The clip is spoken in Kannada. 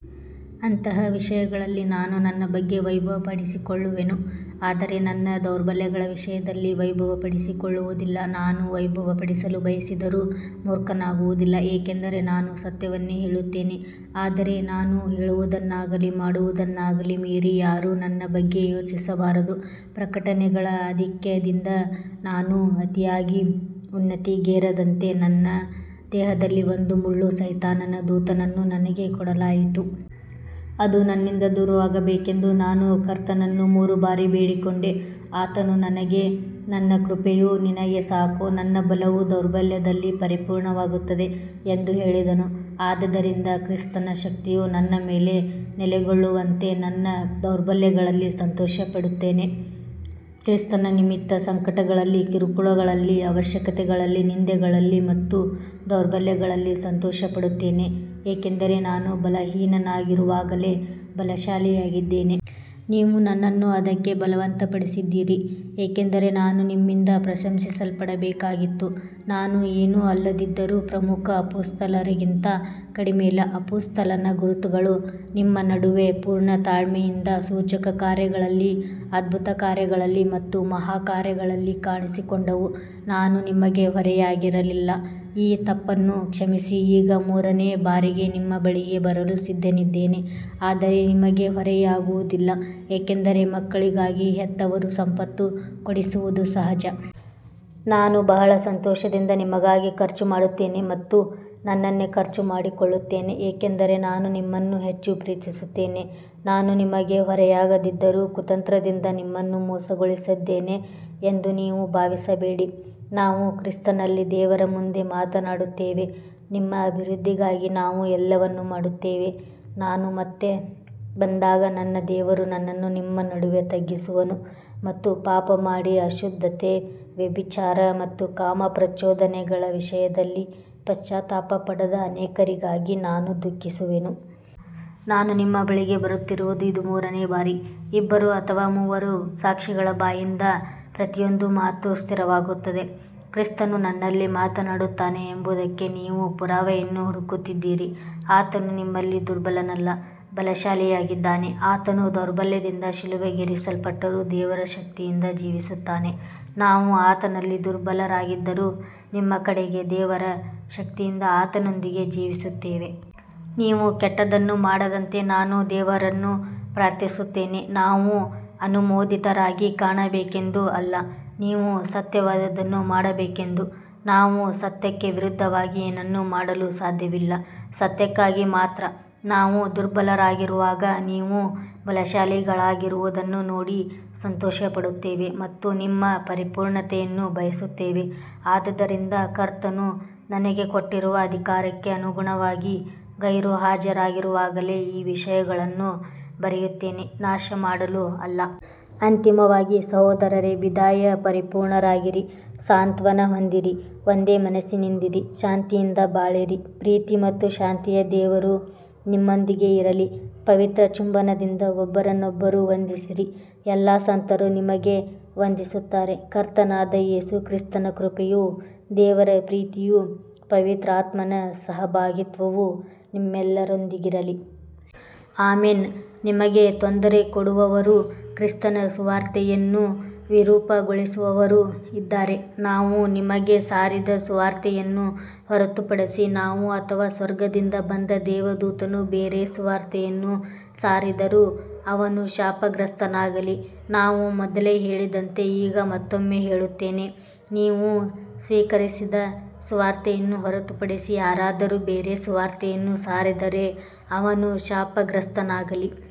ಅಂತಹ ವಿಷಯಗಳಲ್ಲಿ ನಾನು ನನ್ನ ಬಗ್ಗೆ ವೈಭವಪಡಿಸಿಕೊಳ್ಳುವೆನು, ಆದರೆ ನನ್ನ ದೌರ್ಬಲ್ಯಗಳ ವಿಷಯದಲ್ಲಿ ವೈಭವಪಡಿಸಿಕೊಳ್ಳುವುದಿಲ್ಲ. ನಾನು ವೈಭವಪಡಿಸಲು ಬಯಸಿದರೂ ಮೂರ್ಖನಾಗುವುದಿಲ್ಲ, ಏಕೆಂದರೆ ನಾನು ಸತ್ಯವನ್ನೇ ಹೇಳುತ್ತೇನೆ. ಆದರೆ ನಾನು ಹೇಳುವುದನ್ನಾಗಲಿ ಮಾಡುವುದನ್ನಾಗಲಿ ಮೀರಿ ಯಾರೂ ನನ್ನ ಬಗ್ಗೆ ಯೋಚಿಸಬಾರದು. ಪ್ರಕಟನೆಗಳ ಅಧಿಕ್ಯದಿಂದ ನಾನು ಅತಿಯಾಗಿ ಉನ್ನತಿಗೇರದಂತೆ ನನ್ನ ದೇಹದಲ್ಲಿ ಒಂದು ಮುಳ್ಳು, ಸೈತಾನನ ದೂತನನ್ನು ನನಗೆ ಕೊಡಲಾಯಿತು. ಅದು ನನ್ನಿಂದ ದೂರವಾಗಬೇಕೆಂದು ನಾನು ಕರ್ತನನ್ನು ಮೂರು ಬಾರಿ ಬೇಡಿಕೊಂಡೆ. ಆತನು ನನಗೆ, ನನ್ನ ಕೃಪೆಯು ನಿನಗೆ ಸಾಕು, ನನ್ನ ಬಲವು ದೌರ್ಬಲ್ಯದಲ್ಲಿ ಪರಿಪೂರ್ಣವಾಗುತ್ತದೆ ಎಂದು ಹೇಳಿದನು. ಆದದರಿಂದ ಕ್ರಿಸ್ತನ ಶಕ್ತಿಯು ನನ್ನ ಮೇಲೆ ನೆಲೆಗೊಳ್ಳುವಂತೆ ನನ್ನ ದೌರ್ಬಲ್ಯಗಳಲ್ಲಿ ಸಂತೋಷಪಡುತ್ತೇನೆ. ಕ್ರಿಸ್ತನ ನಿಮಿತ್ತ ಸಂಕಟಗಳಲ್ಲಿ, ಕಿರುಕುಳಗಳಲ್ಲಿ, ಅವಶ್ಯಕತೆಗಳಲ್ಲಿ, ನಿಂದೆಗಳಲ್ಲಿ ಮತ್ತು ದೌರ್ಬಲ್ಯಗಳಲ್ಲಿ ಸಂತೋಷಪಡುತ್ತೇನೆ, ಏಕೆಂದರೆ ನಾನು ಬಲಹೀನನಾಗಿರುವಾಗಲೇ ಬಲಶಾಲಿಯಾಗಿದ್ದೇನೆ. ನೀವು ನನ್ನನ್ನು ಅದಕ್ಕೆ ಬಲವಂತಪಡಿಸಿದ್ದೀರಿ, ಏಕೆಂದರೆ ನಾನು ನಿಮ್ಮಿಂದ ಪ್ರಶಂಸಿಸಲ್ಪಡಬೇಕಾಗಿತ್ತು. ನಾನು ಏನೂ ಅಲ್ಲದಿದ್ದರೂ ಪ್ರಮುಖ ಅಪೊಸ್ತಲರಿಗಿಂತ ಕಡಿಮೆಯಲ್ಲ. ಅಪೊಸ್ತಲನ ಗುರುತುಗಳು ನಿಮ್ಮ ನಡುವೆ ಪೂರ್ಣ ತಾಳ್ಮೆಯಿಂದ, ಸೂಚಕಕಾರ್ಯಗಳಲ್ಲಿ, ಅದ್ಭುತಕಾರ್ಯಗಳಲ್ಲಿ ಮತ್ತು ಮಹಾಕಾರ್ಯಗಳಲ್ಲಿ ಕಾಣಿಸಿಕೊಂಡವು. ನಾನು ನಿಮಗೆ ಹೊರೆಯಾಗಿರಲಿಲ್ಲ, ಈ ತಪ್ಪನ್ನು ಕ್ಷಮಿಸಿ. ಈಗ ಮೂರನೇ ಬಾರಿಗೆ ನಿಮ್ಮ ಬಳಿಗೆ ಬರಲು ಸಿದ್ಧನಿದ್ದೇನೆ, ಆದರೆ ನಿಮಗೆ ಹೊರೆಯಾಗುವುದಿಲ್ಲ, ಏಕೆಂದರೆ ಮಕ್ಕಳಿಗಾಗಿ ಹೆತ್ತವರು ಸಂಪತ್ತು ಕೂಡಿಸಿಡುವುದು ಸಹಜ. ನಾನು ಬಹಳ ಸಂತೋಷದಿಂದ ನಿಮಗಾಗಿ ಖರ್ಚುಮಾಡುತ್ತೇನೆ ಮತ್ತು ನನ್ನನ್ನೇ ಖರ್ಚುಮಾಡಿಕೊಳ್ಳುತ್ತೇನೆ, ಏಕೆಂದರೆ ನಾನು ನಿಮ್ಮನ್ನು ಹೆಚ್ಚು ಪ್ರೀತಿಸುತ್ತೇನೆ. ನಾನು ನಿಮಗೆ ಹೊರೆಯಾಗದಿದ್ದರೂ ಕುತಂತ್ರದಿಂದ ನಿಮ್ಮನ್ನು ಮೋಸಗೊಳಿಸಿದ್ದೇನೆ ಎಂದು ನೀವು ಭಾವಿಸಬೇಡಿ, ನಾವು ಕ್ರಿಸ್ತನಲ್ಲಿ ದೇವರ ಮುಂದೆ ಮಾತನಾಡುತ್ತೇವೆ. ನಿಮ್ಮ ಅಭಿವೃದ್ದಿಗಾಗಿ ನಾವು ಎಲ್ಲವನ್ನೂ ಮಾಡುತ್ತೇವೆ. ನಾನು ಮತ್ತೆ ಬಂದಾಗ ನನ್ನ ದೇವರು ನನ್ನನ್ನು ನಿಮ್ಮ ನಡುವೆ ತಗ್ಗಿಸುವನು ಮತ್ತು ಪಾಪಮಾಡಿ ಅಶುದ್ಧತೆ, ವ್ಯಭಿಚಾರ ಮತ್ತು ಕಾಮಪ್ರಚೋದನೆಗಳ ವಿಷಯದಲ್ಲಿ ಪಶ್ಚಾತ್ತಾಪಪಡದ ಅನೇಕರಿಗಾಗಿ ನಾನು ದುಃಖಿಸುವೆನು. ನಾನು ನಿಮ್ಮ ಬಳಿಗೆ ಬರುತ್ತಿರುವುದು ಇದು ಮೂರನೇ ಬಾರಿ. ಇಬ್ಬರು ಅಥವಾ ಮೂವರು ಸಾಕ್ಷಿಗಳ ಬಾಯಿಂದ ಪ್ರತಿಯೊಂದು ಮಾತು ಸ್ಥಿರವಾಗುತ್ತದೆ. ಕ್ರಿಸ್ತನು ನನ್ನಲ್ಲಿ ಮಾತನಾಡುತ್ತಾನೆ ಎಂಬುದಕ್ಕೆ ನೀವು ಪುರಾವೆಯನ್ನು ಹುಡುಕುತ್ತಿದ್ದೀರಿ, ಆತನು ನಿಮ್ಮಲ್ಲಿ ದುರ್ಬಲನಲ್ಲ, ಬಲಶಾಲಿಯಾಗಿದ್ದಾನೆ. ಆತನು ದೌರ್ಬಲ್ಯದಿಂದ ಶಿಲುಬೆಗೇರಿಸಲ್ಪಟ್ಟರೂ ದೇವರ ಶಕ್ತಿಯಿಂದ ಜೀವಿಸುತ್ತಾನೆ, ನಾವು ಆತನಲ್ಲಿ ದುರ್ಬಲರಾಗಿದ್ದರೂ ನಿಮ್ಮ ಕಡೆಗೆ ದೇವರ ಶಕ್ತಿಯಿಂದ ಆತನೊಂದಿಗೆ ಜೀವಿಸುತ್ತೇವೆ. ನೀವು ಕೆಟ್ಟದ್ದನ್ನು ಮಾಡದಂತೆ ನಾನು ದೇವರನ್ನು ಪ್ರಾರ್ಥಿಸುತ್ತೇನೆ, ನಾವು ಅನುಮೋದಿತರಾಗಿ ಕಾಣಬೇಕೆಂದು ಅಲ್ಲ, ನೀವು ಸತ್ಯವಾದದ್ದನ್ನು ಮಾಡಬೇಕೆಂದು. ನಾವು ಸತ್ಯಕ್ಕೆ ವಿರುದ್ಧವಾಗಿ ಏನನ್ನೂ ಮಾಡಲು ಸಾಧ್ಯವಿಲ್ಲ, ಸತ್ಯಕ್ಕಾಗಿ ಮಾತ್ರ. ನಾವು ದುರ್ಬಲರಾಗಿರುವಾಗ ನೀವು ಬಲಶಾಲಿಗಳಾಗಿರುವುದನ್ನು ನೋಡಿ ಸಂತೋಷಪಡುತ್ತೇವೆ ಮತ್ತು ನಿಮ್ಮ ಪರಿಪೂರ್ಣತೆಯನ್ನು ಬಯಸುತ್ತೇವೆ. ಆದದರಿಂದ ಕರ್ತನು ನನಗೆ ಕೊಟ್ಟಿರುವ ಅಧಿಕಾರಕ್ಕೆ ಅನುಗುಣವಾಗಿ, ಗೈರುಹಾಜರಿರುವಾಗಲೇ ಈ ವಿಷಯಗಳನ್ನು ಬರೆಯುತ್ತೇನೆ, ನಾಶಮಾಡಲು ಅಲ್ಲ. ಅಂತಿಮವಾಗಿ ಸಹೋದರರೇ, ವಿದಾಯ, ಪರಿಪೂರ್ಣರಾಗಿರಿ, ಸಾಂತ್ವನ ಹೊಂದಿರಿ, ಒಂದೇ ಮನಸ್ಸಿನಿಂದಿರಿ, ಶಾಂತಿಯಿಂದ ಬಾಳಿರಿ. ಪ್ರೀತಿ ಮತ್ತು ಶಾಂತಿಯ ದೇವರು ನಿಮ್ಮೊಂದಿಗೆ ಇರಲಿ. ಪವಿತ್ರ ಚುಂಬನದಿಂದ ಒಬ್ಬರನ್ನೊಬ್ಬರು ವಂದಿಸಿರಿ. ಎಲ್ಲಾ ಸಂತರು ನಿಮಗೆ ವಂದಿಸುತ್ತಾರೆ. ಕರ್ತನಾದ ಯೇಸು ಕ್ರಿಸ್ತನ ಕೃಪೆಯೂ ದೇವರ ಪ್ರೀತಿಯೂ ಪವಿತ್ರಾತ್ಮನ ಸಹಭಾಗಿತ್ವವೂ ನಿಮ್ಮೆಲ್ಲರೊಂದಿಗಿರಲಿ. ಆಮೆನ್. ನಿಮಗೆ ತೊಂದರೆಕೊಡುವವರೂ ಕ್ರಿಸ್ತನ ಸುವಾರ್ತೆಯನ್ನು ವಿರೂಪಗೊಳಿಸುವವರೂ ಇದ್ದಾರೆ. ನಾವು ನಿಮಗೆ ಸಾರಿದ ಸುವಾರ್ತೆಯನ್ನು ಹೊರತುಪಡಿಸಿ ನಾವು ಅಥವಾ ಸ್ವರ್ಗದಿಂದ ಬಂದ ದೇವದೂತನು ಬೇರೆ ಸುವಾರ್ತೆಯನ್ನು ಸಾರಿದರೂ ಅವನು ಶಾಪಗ್ರಸ್ತನಾಗಲಿ. ನಾವು ಮೊದಲೇ ಹೇಳಿದಂತೆ ಈಗ ಮತ್ತೊಮ್ಮೆ ಹೇಳುತ್ತೇನೆ, ನೀವು ಸ್ವೀಕರಿಸಿದ ಸುವಾರ್ತೆಯನ್ನು ಹೊರತುಪಡಿಸಿ ಯಾರಾದರೂ ಬೇರೆ ಸುವಾರ್ತೆಯನ್ನು ಸಾರಿದರೆ ಅವನು ಶಾಪಗ್ರಸ್ತನಾಗಲಿ.